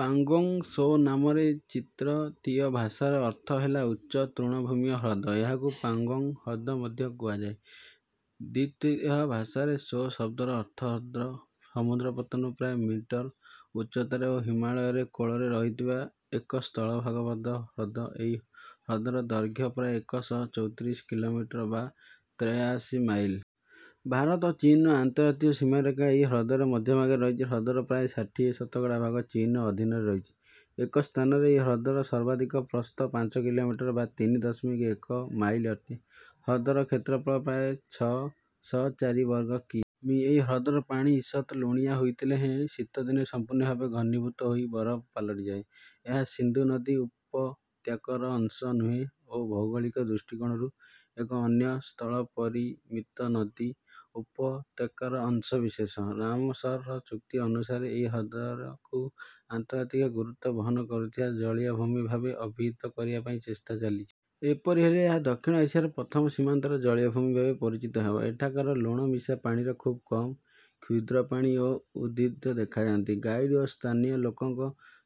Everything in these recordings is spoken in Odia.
ପାଂଗୋଂଗ୍ ତ୍ସୋ ନାମର ଚିତ୍ରତୀୟ ଭାଷାରେ ଅର୍ଥ ହେଲା ଉଚ୍ଚ ତୃଣଭୂମୀୟ ହ୍ରଦ। ଏହାକୁ ପାଂଗୋଂଗ୍ ହ୍ରଦ ମଧ୍ୟ କୁହାଯାଏ। ତିବ୍ୱତୀୟ ଭାଷାରେ ତ୍ସୋ ଶବ୍ଦର ଅର୍ଥ ହଦ୍ର। ସମୁଦ୍ରପତନରୁ ପ୍ରାୟ ମିଟର୍ ଉଚ୍ଚତାରେ ଓ ହିମାଳୟରେ କୋଳରେ ରହିଥିବା ଏକ ସ୍ଥଳଭାଗବଦ୍ଧ ହ୍ରଦ। ଏହି ହ୍ରଦର ଦୈର୍ଘ୍ୟ ପ୍ରାୟ ଏକ ଶହ ଚଉତିରିଶ କିଲୋମିଟର୍ ବା ତେୟାଅଶୀ ମାଇଲ୍। ଭାରତ ଓ ଚୀନର ଅନ୍ତର୍ଜାତୀୟ ସୀମାରେଖା ଏହି ହ୍ରଦର ମଧ୍ୟଭାଗରେ ରହିଛି। ହ୍ରଦର ପ୍ରାୟ ଷାଠିଏ ଶତକଡା ଭାଗ ଚୀନର ଅଧୀନରେ ରହିଛି। ଏକ ସ୍ଥାନରେ ଏହି ହ୍ରଦର ସର୍ବାଧିକ ପ୍ରସ୍ଥ ପାଞ୍ଚ କିଲୋମିଟର୍ ବା ତିନି ଦଶମିକ ଏକ ମାଇଲ୍ ଅଟେ। ହ୍ରଦର କ୍ଷେତ୍ରଫଳ ପ୍ରାୟ ଛଅ ଶହ ଚାରି ବର୍ଗ କି. ମି.। ଏହି ହ୍ରଦର ପାଣି ଈଷତ୍ ଲୁଣିଆ ହୋଇଥିଲେ ହେଁ ଶୀତଦିନରେ ସମ୍ପୂର୍ଣ୍ଣ ଭାବେ ଘନୀଭୂତ ହୋଇ ବରଫ ପାଲଟିଯାଏ। ଏହା ସିନ୍ଧୁ ନଦୀ ଉପତ୍ୟକାର ଅଂଶ ନୁହେଁ ଓ ଭୌଗୋଳିକ ଦୃଷ୍ଟିକୋଣରୁ ଏକ ଅନ୍ୟ ସ୍ଥଳପରିମୀତ ନଦୀ ଉପତ୍ୟକାର ଅଂଶବିଶେଷ। ରାମସର ଚୁକ୍ତି ଅନୁସାରେ ଏହି ହ୍ରଦକୁ ଅନ୍ତର୍ଯାତିକ ଗୁରୁତ୍ତ୍ୱ ବହନ କରୁଥିବା ଜଳୀୟଭୂମି ଭାବେ ଅଭିହିତ କରିବା ପାଇଁ ଚେଷ୍ଟା ଚାଲିଛି। ଏପରି ହେଲେ ଏହା ଦକ୍ଷିଣ ଏସିଆର ପ୍ରଥମ ସୀମାନ୍ତର ଜଳୀୟଭୂମି ଭାବେ ପରିଚିତ ହେବ। ଏଠାକାର ଲୁଣମିଶା ପାଣିରେ ଖୁବ୍ କମ୍ କ୍ଷୁଦ୍ରପ୍ରାଣୀ ଓ ଉଦ୍ଭିଦ ଦେଖାଯାନ୍ତି। ଗାଇଡ୍ ଓ ସ୍ଥାନୀୟ ଲୋକଙ୍କ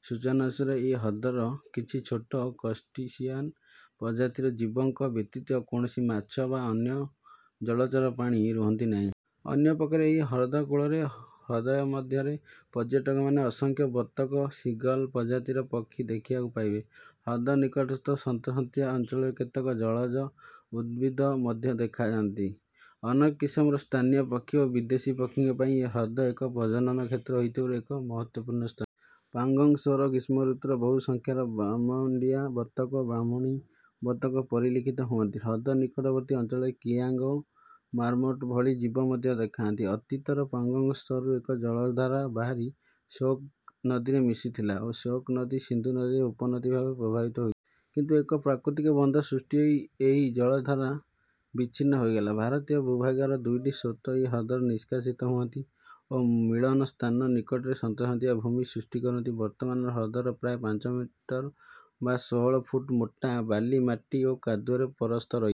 ସୂଚନାନୁସାରେ ଏହି ହ୍ରଦରେ କିଛି ଛୋଟ କ୍ରଷ୍ଟିସିୟାନ୍ ପ୍ରଜାତିର ଜୀବ ଙ୍କ ବ୍ୟତୀତ କୌଣସି ମାଛ ବା ଅନ୍ୟ ଜଳଚର ପ୍ରାଣୀ ରୁହନ୍ତି ନାହିଁ। ଅନ୍ୟ ପକ୍ଷରେ ଏହି ହ୍ରଦକୂଳରେ ଓ ହ୍ରଦମଧ୍ୟରେ ପର୍ଯ୍ୟଟକମାନେ ଅସଂଖ୍ୟ ବତକ ସିଗଲ୍ ପ୍ରଜାତିର ପକ୍ଷୀ ଦେଖିବାକୁ ପାଇବେ। ହ୍ରଦ ନିକଟସ୍ଥ ସନ୍ତସନ୍ତିଆ ଅଞ୍ଚଳରେ କେତେକ ଜଳଜ ଉଦ୍ଭିଦ ମଧ୍ୟ ଦେଖାଯାନ୍ତି। ଅନେକ କିସମର ସ୍ଥାନୀୟ ପକ୍ଷୀ ଓ ବିଦେଶୀ ପକ୍ଷୀଙ୍କ ପାଇଁ ଏହି ହ୍ରଦ ଏକ ପ୍ରଜନନ କ୍ଷେତ୍ର ହୋଇଥିବାରୁ ଏକ ମହତ୍ତ୍ୱପୂର୍ଣ୍ଣ ସ୍ଥା। ପାଂଗୋଂଗ୍ ତ୍ସୋରେ ଗ୍ରୀଷ୍ମଋତୁରେ ବହୁ ସଂଖ୍ୟାରେ ବାର୍ମୁଣ୍ଡିଆ ବତକ ଓ ବ୍ରାହ୍ମଣୀ ବତକ ପରିଲକ୍ଷିତ ହୁଅନ୍ତି। ହ୍ରଦ ନିକଟବର୍ତ୍ତୀ ଅଞ୍ଚଳରେ କିଆଂଗ୍ ଓ ମାର୍ମୋଟ୍ ଭଳି ଜୀବ ମଧ୍ୟ ଦେଖାଯାନ୍ତି। ଅତୀତରେ ପାଂଗୋଂଗ୍ ତ୍ସୋରୁ ଏକ ଜଳଧାରା ବାହାରି ଶ୍ୟୋକ୍ ନଦୀରେ ମିଶୁଥିଲା ଓ ଶ୍ୟୋକ୍ ନଦୀ ସିନ୍ଧୁ ନଦୀର ଉପନଦୀ ଭାବେ ପ୍ରବାହିତ ହେଇ। କିନ୍ତୁ ଏକ ପ୍ରାକୃତିକ ବନ୍ଧ ସୃଷ୍ଟି ହୋଇ ଏହି ଜଳଧାରା ବିଚ୍ଛିନ୍ନ ହୋଇଗଲା। ଭାରତୀୟ ଭୂଭାଗରୁ ଦୁଇଟି ସ୍ରୋତ ଏହି ହ୍ରଦରେ ନିଷ୍କାସିତ ହୁଅନ୍ତି ଓ ମିଳନ ସ୍ଥାନ ନିକଟରେ ସନ୍ତସନ୍ତିଆ ଭୂମି ସୃଷ୍ଟି କରନ୍ତି। ବର୍ତ୍ତମାନର ହ୍ରଦରେ ପ୍ରାୟ ପାଞ୍ଚ ମିଟର୍ ବା ଷୋହଳ ଫୁଟ୍ ମୋଟା ବାଲି ମାଟି ଓ କାଦୁଅର ପରସ୍ତ ରହି।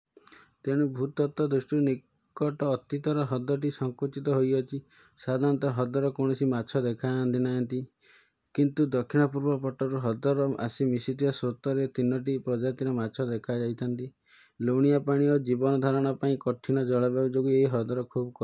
ତେଣୁ ଭୂତତ୍ତ୍ୱ ଦୃଷ୍ଟିରୁ ନିକଟ ଅତୀତରେ ହ୍ରଦଟି ସଂକୁଚିତ ହୋଇଅଛି। ସାଧାରଣତଃ ହ୍ରଦରେ କୌଣସି ମାଛ ଦେଖାଯାନ୍ତି ନାହାନ୍ତି। କିନ୍ତୁ ଦକ୍ଷିଣପୂର୍ବ ପଟରୁ ହ୍ରଦରେ ଆସି ମିଶୁଥିବା ସ୍ରୋତ ରେ ତିନୋଟି ପ୍ରଜାତିର ମାଛ ଦେଖାଯାଇଥାନ୍ତି। ଲୁଣିଆ ପାଣି ଓ ଜୀବନଧାରଣ ପାଇଁ କଠିନ ଜଳବାୟୁ ଯୋଗୁଁ ଏହି ହ୍ରଦରେ ଖୁବ୍ କ